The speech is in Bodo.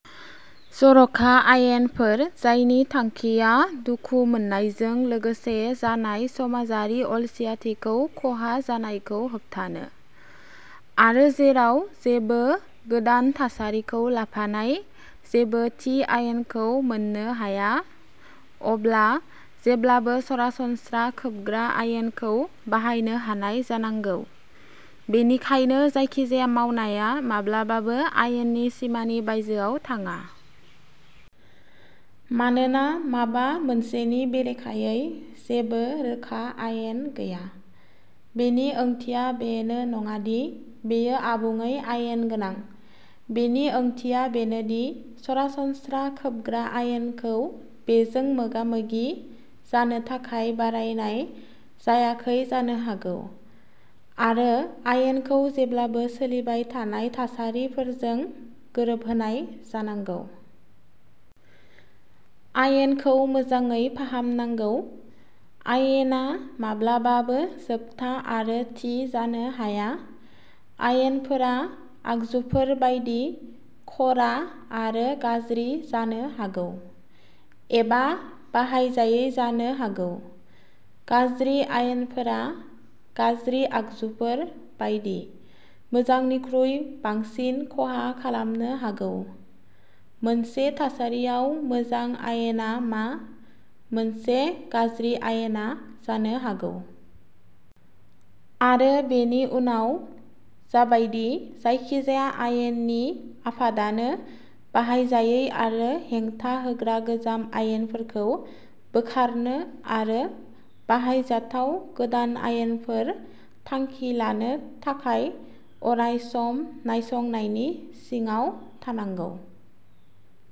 जर'खा आयेनफोर जायनि थांखिया दुखु मोननायजों लोगोसे जानाय समाजारि अलसियाथिखौ खहा जानायखौ होबथानो। आरो जेराव जेबो गोदान थासारिखौ लाफानाय जेबो थि आयेनखौ मोननो हाया, अब्ला जेब्लाबो सरासनस्रा खोबग्रा आयेनखौ बाहायनो हानाय जानांगौ। बेनिखायनो जायखिजाया मावनाया माब्लाबाबो आयेननि सिमानि बायजोआव थाङा। मानोना माबा मोनसेनि बेरेखायै जेबो रोखा आयेन गैया, बेनि ओंथिया बेनो नङा दि बेयो आबुङै आयेन गोनां। बेनि ओंथिया बेनो दि सरासनस्रा खोबग्रा आयेनखौ बेजों मोगा-मोगि जानो थाखाय बारायनाय जायाखै जानो हागौ। आरो आयेनखौ जेब्लाबो सोलिबाय थानाय थासारिफोरजों गोरोबहोनाय जानांगौ। आयेनखौ मोजाङै फाहामनांगौ। आयेना माब्लाबाबो जोबथा आरो थि जानो हाया। आयेनफोरा, आगजुफोर बायदि, ख'रा आरो गाज्रि जानो हागौ, एबा बाहायजायै जानो हागौ। गाज्रि आयेनफोरा, गाज्रि आगजुफोर बायदि, मोजांनिख्रुइ बांसिन खहा खालामनो हागौ। मोनसे थासारियाव मोजां आयेना मा मोनसे गाज्रि आयेना जानो हागौ। आरो बेनि उनाव जाबायदि जायखिजाया आयेननि आफादानो बाहायजायै आरो हेंथा होग्रा गोजाम आयेनफोरखौ बोखारनो आरो बाहायजाथाव गोदान आयेनफोर थांखि लानो थाखाय अराय सम नायसंनायनि सिङाव थानांगौ।